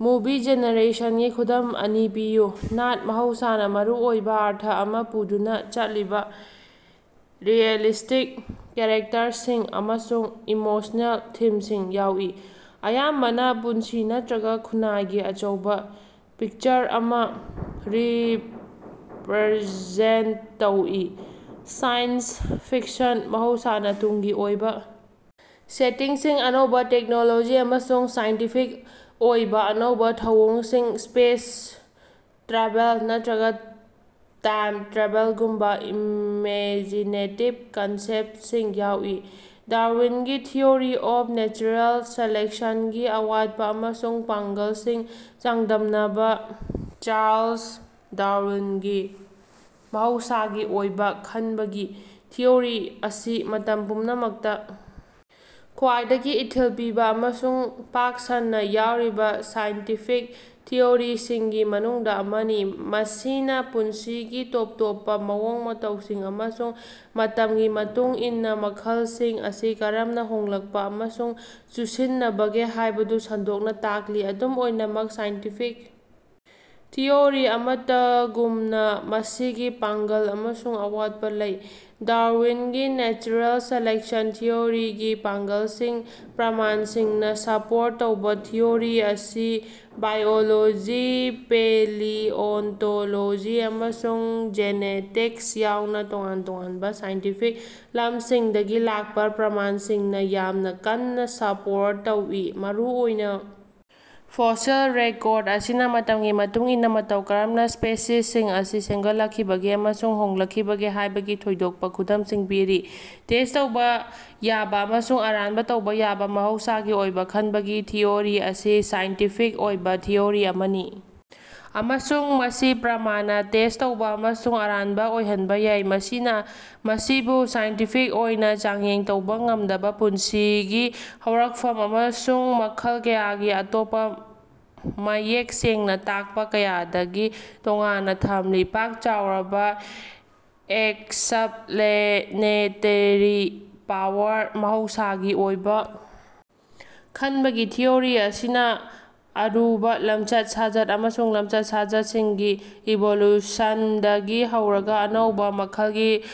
Movie ꯖꯦꯅꯔꯦꯁꯟꯒꯤ ꯈꯨꯗꯝ ꯑꯅꯤ ꯄꯤꯌꯨ꯫ ꯅꯥꯠ ꯃꯍꯧꯁꯥꯅꯥ ꯃꯔꯨ ꯑꯣꯏꯕꯥ ꯑꯔꯊ ꯑꯃꯥ ꯄꯨꯗꯨꯅꯥ ꯆꯠꯂꯤꯕꯥ ꯔꯤꯑꯦꯂꯤꯁ꯭ꯇꯤꯛ ꯀꯦꯔꯦꯛꯇꯔꯁꯤꯡ ꯑꯃꯁꯨꯡ ꯏꯃꯣꯁꯅꯦꯜ ꯊꯤꯝꯁꯤꯡ ꯌꯥꯎꯏ, ꯑꯌꯥꯝꯕꯅꯥ ꯄꯨꯟꯁꯤ ꯅꯠꯇ꯭ꯔꯒꯥ ꯈꯨꯟꯅꯥꯏꯒꯤ ꯑꯆꯧꯕꯥ ꯄꯤꯛꯆꯔ ꯑꯃꯥ ꯔꯤꯞꯔꯖꯦꯟꯇ ꯇꯧꯏ꯫ ꯁꯥꯏꯟꯁ ꯐꯤꯛꯁꯟ ꯃꯍꯧꯁꯥꯅꯥ ꯇꯨꯡꯒꯤ ꯑꯣꯏꯕꯥ ꯁꯦꯇꯤꯡꯁꯤꯡ, ꯑꯅꯧꯕꯥ ꯇꯦꯛꯅꯣꯂꯣꯖꯤ ꯑꯃꯁꯨꯡ ꯁꯥꯏꯟꯇꯤꯐꯤꯛ ꯑꯣꯏꯕꯥ ꯑꯅꯧꯕꯥ ꯊꯧꯑꯣꯡꯁꯤꯡ, ꯁ꯭ꯄꯦꯁ ꯇ꯭ꯔꯥꯚꯦꯜ ꯅꯠꯇ꯭ꯔꯒꯥ ꯇꯥꯏꯝ-ꯇ꯭ꯔꯥꯚꯦꯂꯒꯨꯝꯕꯥ ꯏꯃꯦꯖꯤꯅꯦꯇꯤꯕ ꯀꯟꯁꯦꯞꯇꯁꯤꯡ ꯌꯥꯎꯏ꯫ ꯗꯥꯔꯋꯤꯟꯒꯤ ꯊꯤꯑꯣꯔꯤ ꯑꯣꯐ ꯅꯦꯆꯔꯦꯜ ꯁꯦꯂꯦꯛꯁꯟꯒꯤ ꯑꯋꯥꯠꯄꯥ ꯑꯃꯁꯨꯡ ꯄꯥꯡꯒ꯭ꯜꯁꯤꯡ ꯆꯥꯡꯗꯝꯅꯕꯥ꯫ ꯆꯥꯔꯂꯁ ꯗꯥꯔꯋꯤꯟꯒꯤ ꯃꯍꯧꯁꯥꯒꯤ ꯑꯣꯏꯕꯥ ꯈꯟꯕꯒꯤ ꯊꯤꯑꯣꯔꯤ ꯑꯁꯤ ꯃꯇꯝ ꯄꯨꯝꯅꯃꯛꯇꯥ ꯈ꯭ꯋꯥꯏꯗꯒꯤ ꯏꯊꯤꯜ ꯄꯤꯕꯥ ꯑꯃꯁꯨꯡ ꯄꯥꯛ ꯁꯟꯅꯥ ꯌꯥꯎꯔꯕꯥ ꯁꯥꯏꯟꯇꯤꯐꯤꯛ ꯊꯤꯑꯣꯔꯤꯁꯤꯡꯒꯤ ꯃꯅꯨꯡꯗꯥ ꯑꯃꯅꯤ, ꯃꯁꯤꯅꯥ ꯄꯨꯟꯁꯤꯒꯤ ꯇꯣꯞ ꯇꯣꯞꯄꯥ ꯃꯑꯣꯡ ꯃꯇꯧꯁꯤꯡ ꯑꯃꯁꯨꯡ ꯃꯇꯝꯒꯤ ꯃꯇꯨꯡ ꯏꯟꯅꯥ ꯃꯈꯜꯁꯤꯡ ꯑꯁꯤ ꯀꯔꯝꯅꯥ ꯍꯣꯡꯂꯛꯄꯥ ꯑꯃꯁꯨꯡ ꯆꯨꯁꯤꯟꯅꯕꯒꯦ ꯍꯥꯏꯕꯗꯨ ꯁꯟꯗꯣꯛꯅꯥ ꯇꯥꯛꯂꯤ꯫ ꯑꯗꯨꯝ ꯑꯣꯏꯅꯃꯛ ꯁꯥꯏꯟꯇꯤꯐꯤꯛ ꯊꯤꯑꯣꯔꯤ ꯑꯃꯠꯇꯒꯨꯝꯅꯥ ꯃꯁꯤꯒꯤ ꯄꯥꯡꯒ꯭ꯜ ꯑꯃꯁꯨꯡ ꯑꯋꯥꯠꯄꯥ ꯂꯩ꯫ ꯗꯥꯔꯋꯤꯟꯒꯤ ꯅꯦꯆꯔꯦꯜ ꯁꯦꯂꯦꯛꯁꯟ ꯊꯤꯑꯣꯔꯤꯒꯤ ꯄꯥꯡ꯭ꯒꯜꯁꯤꯡ ꯄ꯭ꯔꯃꯥꯟꯁꯤꯡꯅꯥ ꯁꯄꯣꯔꯠ ꯇꯧꯕꯥ ꯊꯤꯑꯣꯔꯤ ꯑꯁꯤ ꯕꯥꯏꯑꯣꯂꯣꯖꯤ, ꯄꯦꯂꯤꯑꯣꯟꯇꯣꯂꯣꯖꯤ, ꯑꯃꯁꯨꯡ ꯖꯦꯅꯦꯇꯤꯛꯁ ꯌꯥꯎꯅꯥ ꯇꯣꯉꯥꯟ ꯇꯣꯉꯥꯟꯕꯥ ꯁꯥꯏꯟꯇꯤꯐꯤꯛ ꯂꯝꯁꯤꯡꯗꯒꯤ ꯂꯥꯛꯄꯥ ꯄ꯭ꯔꯃꯥꯟꯁꯤꯡꯅꯥ ꯌꯥꯝꯅꯥ ꯀꯟꯅꯥ ꯁꯄꯣꯔꯠ ꯇꯧꯏ꯫ ꯃꯔꯨꯑꯣꯏꯅꯥ ꯐꯣꯁꯤꯜ ꯔꯦꯀꯣꯔꯗ ꯑꯁꯤꯅꯥ ꯃꯇꯝꯒꯤ ꯃꯇꯨꯡ ꯏꯟꯅꯥ ꯃꯇꯧ ꯀꯔꯝꯅꯥ ꯁ꯭ꯄꯦꯁꯤꯁꯁꯤꯡ ꯑꯁꯤ ꯁꯦꯝꯒꯠꯂꯛꯈꯤꯕꯒꯦ ꯑꯃꯁꯨꯡ ꯍꯣꯡꯂꯛꯈꯤꯕꯒꯦ ꯍꯥꯏꯕꯒꯤ ꯊꯣꯏꯗꯣꯛꯄꯥ ꯈꯨꯗꯝꯁꯤꯡ ꯄꯤꯔꯤ꯫ ꯇꯦꯁ꯭ꯠ ꯇꯧꯕ ꯌꯥꯕ ꯑꯃꯁꯨꯡ ꯑꯔꯥꯟꯕ ꯇꯧꯕ ꯌꯥꯕ ꯃꯍꯧꯁꯥꯒꯤ ꯑꯣꯏꯕ ꯈꯟꯕꯒꯤ ꯊꯤꯑꯣꯔꯤ ꯑꯁꯤ ꯁꯥꯏꯟꯇꯤꯐꯤꯛ ꯑꯣꯏꯕ ꯊꯤꯑꯣꯔꯤ ꯑꯃꯅꯤ ꯑꯃꯁꯨꯡ ꯃꯁꯤ ꯄ꯭ꯔꯃꯥꯟꯅꯥ ꯇꯦꯁ꯭ꯠ ꯇꯧꯕ ꯑꯃꯁꯨꯡ ꯑꯔꯥꯟꯕꯥꯑꯣꯏꯍꯟꯕ ꯌꯥꯏ꯫ ꯃꯁꯤꯅꯥ ꯃꯁꯤꯕꯨ ꯁꯥꯏꯟꯇꯤꯐꯤꯛ ꯑꯣꯏꯅ ꯆꯥꯡꯌꯦꯡ ꯇꯧꯕ ꯉꯝꯗꯕꯥ ꯄꯨꯟꯁꯤꯒꯤ ꯍꯧꯔꯛꯐꯝ ꯑꯃꯁꯨꯡ ꯃꯈꯜ ꯀꯌꯥꯒꯤ ꯑꯇꯣꯞꯄꯥ ꯃꯌꯦꯛ ꯁꯦꯡꯅꯥ ꯇꯥꯛꯄꯥ ꯀꯌꯥꯗꯒꯤ ꯇꯣꯉꯥꯟꯅꯥ ꯊꯝꯂꯤ꯫ ꯄꯥꯛ ꯆꯥꯎꯔꯕꯥ ꯑꯦꯛꯁꯞꯂꯦꯅꯦꯇꯦꯔꯤ ꯄꯥꯋꯔ ꯃꯍꯧꯁꯥꯒꯤ ꯑꯣꯏꯕꯥ ꯈꯟꯕꯒꯤ ꯊꯤꯑꯣꯔꯤ ꯑꯁꯤꯅꯥ ꯑꯔꯨꯕꯥ ꯂꯝꯆꯠ ꯁꯥꯖꯠ ꯑꯃꯁꯨꯡ ꯂꯝꯆꯠ-ꯁꯥꯖꯠꯁꯤꯡꯒꯤ ꯏꯚꯣꯂꯨꯁꯟꯗꯒꯤ ꯍꯧꯔꯒꯥ ꯑꯅꯧꯕꯥ ꯃꯈꯜꯁꯤꯡ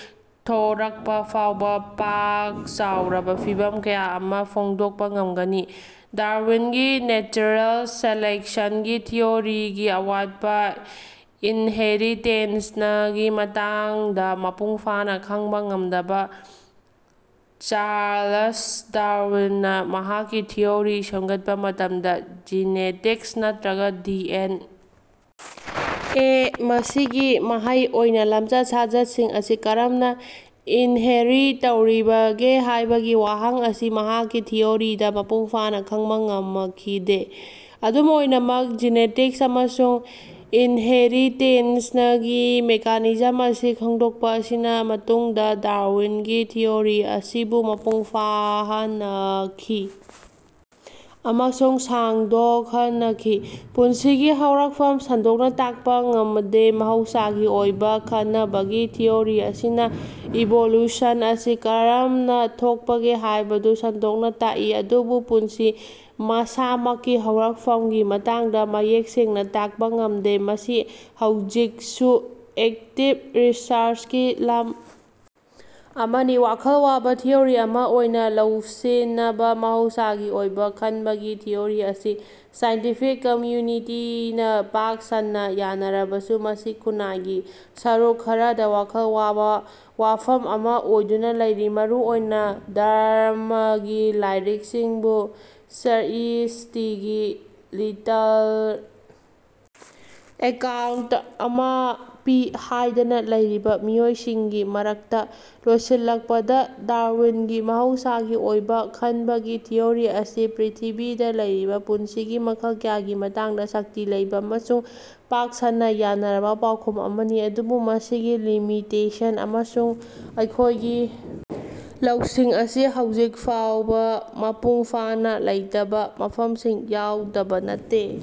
ꯊꯣꯔꯛꯄ ꯐꯥꯎꯕꯥ ꯄꯥꯛ ꯆꯥꯎꯔꯕꯥ ꯐꯤꯚꯝ ꯀꯌꯥ ꯑꯃꯥ ꯐꯣꯡꯗꯣꯛꯄꯥ ꯉꯝꯒꯅꯤ꯫ ꯗꯥꯔꯋꯤꯟꯒꯤ ꯅꯦꯆꯔꯦꯜ ꯁꯦꯂꯦꯛꯁꯟꯒꯤ ꯊꯤꯑꯣꯔꯤꯒꯤ ꯑꯋꯥꯠꯄꯥ ꯏꯟꯍꯦꯔꯤꯇꯦꯁꯅꯒꯤ ꯃꯇꯥꯡꯗꯥ ꯃꯄꯨꯡ ꯐꯥꯅꯥ ꯈꯪꯕꯥ ꯉꯝꯗꯕꯥ ꯆꯥꯔꯂꯁ ꯗꯥꯔꯋꯤꯟꯅꯥ ꯃꯍꯥꯛꯀꯤ ꯊꯤꯑꯣꯔꯤ ꯁꯦꯝꯒꯠꯄꯥ ꯃꯇꯝꯗ ꯖꯤꯅꯦꯇꯤꯛꯁ ꯅꯠꯇ꯭ꯔꯒ ꯗꯤ.ꯑꯦꯟ. ꯑꯦ. ꯃꯁꯤꯒꯤ ꯃꯍꯩ ꯑꯣꯏꯅꯥ ꯂꯝꯆꯠ-ꯁꯥꯖꯠꯁꯤꯡ ꯑꯁꯤ ꯀꯔꯝꯅꯥ ꯏꯟꯍꯦꯔꯤ ꯇꯧꯈꯤꯕꯒꯦ ꯍꯥꯏꯕꯒꯤ ꯋꯥꯍꯪ ꯑꯁꯤ ꯃꯍꯥꯛꯀꯤ ꯊꯤꯑꯣꯔꯤꯗꯥ ꯃꯄꯨꯡ ꯐꯥꯅꯥ ꯈꯪꯕꯥ ꯉꯃꯈꯤꯗꯦ꯫ ꯑꯗꯨꯝ ꯑꯣꯏꯅꯃꯛ, ꯖꯤꯅꯦꯇꯤꯛꯁ ꯑꯃꯁꯨꯡ ꯏꯟꯍꯦꯔꯤꯇꯦꯁꯅꯒꯤ ꯃꯦꯀꯥꯅꯤꯖꯝ ꯑꯁꯤ ꯈꯪꯗꯣꯛꯄꯥ ꯑꯁꯤꯅꯥ ꯃꯇꯨꯡꯗꯥ ꯗꯥꯔꯋꯤꯟꯒꯤ ꯊꯤꯑꯣꯔꯤ ꯑꯁꯤꯕꯨ ꯃꯄꯨꯡ ꯐꯥꯍꯅꯈꯤ ꯑꯃꯁꯨꯡ ꯁꯥꯡꯗꯣꯛꯍꯅꯈꯤ꯫ ꯄꯨꯟꯁꯤꯒꯤ ꯍꯧꯔꯛꯐꯝ ꯁꯟꯗꯣꯛꯅꯥ ꯇꯥꯛꯄꯥ ꯉꯃꯗꯦ ꯃꯍꯧꯁꯥꯒꯤ ꯑꯣꯏꯕꯥ ꯈꯅꯕꯒꯤ ꯊꯤꯑꯣꯔꯤ ꯑꯁꯤꯅꯥ ꯏꯚ꯭ꯣꯂꯨꯁꯟ ꯑꯁꯤ ꯀꯔꯝꯅꯥ ꯊꯣꯛꯄꯒꯦ ꯍꯥꯏꯕꯗꯨ ꯁꯟꯗꯣꯛꯅꯥ ꯇꯥꯛꯏ ꯑꯗꯨꯕꯨ ꯄꯨꯟꯁꯤ ꯃꯁꯥꯃꯛꯀꯤ ꯍꯧꯔꯛꯐꯝꯒꯤ ꯃꯇꯥꯡꯗꯥ ꯃꯌꯦꯛ ꯁꯦꯡꯅꯥ ꯇꯥꯛꯄꯥ ꯉꯝꯗꯦ꯫ ꯃꯁꯤ ꯍꯧꯖꯤꯛꯁꯨ ꯑꯦꯛꯇꯤꯕ ꯔꯤꯁꯔꯆꯀꯤ ꯂꯝ ꯑꯃꯅꯤ꯫ ꯋꯥꯈꯜ ꯋꯥꯕꯥ ꯊꯤꯑꯣꯔꯤ ꯑꯃꯥ ꯑꯣꯏꯅꯥ ꯂꯧꯁꯤꯅꯕꯥ ꯃꯍꯧꯁꯥꯒꯤ ꯑꯣꯏꯕꯥ ꯈꯟꯕꯒꯤ ꯊꯤꯑꯣꯔꯤ ꯑꯁꯤ ꯁꯥꯏꯟꯇꯤꯐꯤꯛ ꯀꯝꯌꯨꯅꯤꯇꯤꯅꯥ ꯄꯥꯛ ꯁꯟꯅꯥ ꯌꯥꯅꯔꯕꯁꯨ, ꯃꯁꯤ ꯈꯨꯟꯅꯥꯏꯒꯤ ꯁꯔꯨꯛ ꯈꯔꯗꯥ ꯋꯥꯈꯜ ꯋꯥꯕ ꯋꯥꯐꯝ ꯑꯃꯥ ꯑꯣꯏꯗꯨꯅꯥ ꯂꯩꯔꯤ, ꯃꯔꯨ ꯑꯣꯏꯅꯥ ꯙꯔꯝꯃꯒꯤ ꯂꯥꯏꯔꯤꯛꯁꯤꯡꯕꯨ ꯁ꯭ꯔ꯭ꯏꯁ꯭ꯇꯤꯒꯤ ꯂꯤꯇꯔꯜ ꯑꯦꯀꯥꯎꯟꯇ ꯑꯃꯥ ꯄꯤ ꯍꯥꯏꯗꯅ ꯂꯧꯔꯤꯕꯥ ꯃꯤꯑꯣꯏꯁꯤꯡꯒꯤ ꯃꯔꯛꯇꯥ꯫ ꯂꯣꯏꯁꯤꯜꯂꯛꯄꯗꯥ, ꯗꯥꯔꯋꯤꯟꯒꯤ ꯃꯍꯧꯁꯥꯒꯤ ꯑꯣꯏꯕꯥ ꯈꯟꯕꯒꯤ ꯊꯤꯑꯣꯔꯤ ꯑꯁꯤ ꯄ꯭ꯔ꯭ꯤꯊꯤꯕꯤꯗꯥ ꯂꯩꯔꯤꯕꯥ ꯄꯨꯟꯁꯤꯒꯤ ꯃꯈꯜ ꯀꯌꯥꯒꯤ ꯃꯇꯥꯡꯗꯥ ꯁꯛꯇꯤ ꯂꯩꯕ ꯑꯃꯁꯨꯡ ꯄꯥꯛ ꯁꯟꯅꯥ ꯌꯥꯅꯔꯕꯥ ꯄꯥꯎꯈꯨꯝ ꯑꯃꯅꯤ, ꯑꯗꯨꯕꯨ ꯃꯁꯤꯒꯤ ꯂꯤꯃꯤꯇꯦꯁꯟ ꯑꯃꯁꯨꯡ ꯑꯩꯈꯣꯏꯒꯤ ꯂꯧꯁꯤꯡ ꯑꯁꯤ ꯍꯧꯖꯤꯛ ꯐꯥꯎꯕꯥ ꯃꯄꯨꯡ ꯐꯥꯅꯥ ꯂꯩꯇꯕꯥ ꯃꯐꯝꯁꯤꯡ ꯌꯥꯎꯗꯕꯥ ꯅꯠꯇꯦ꯫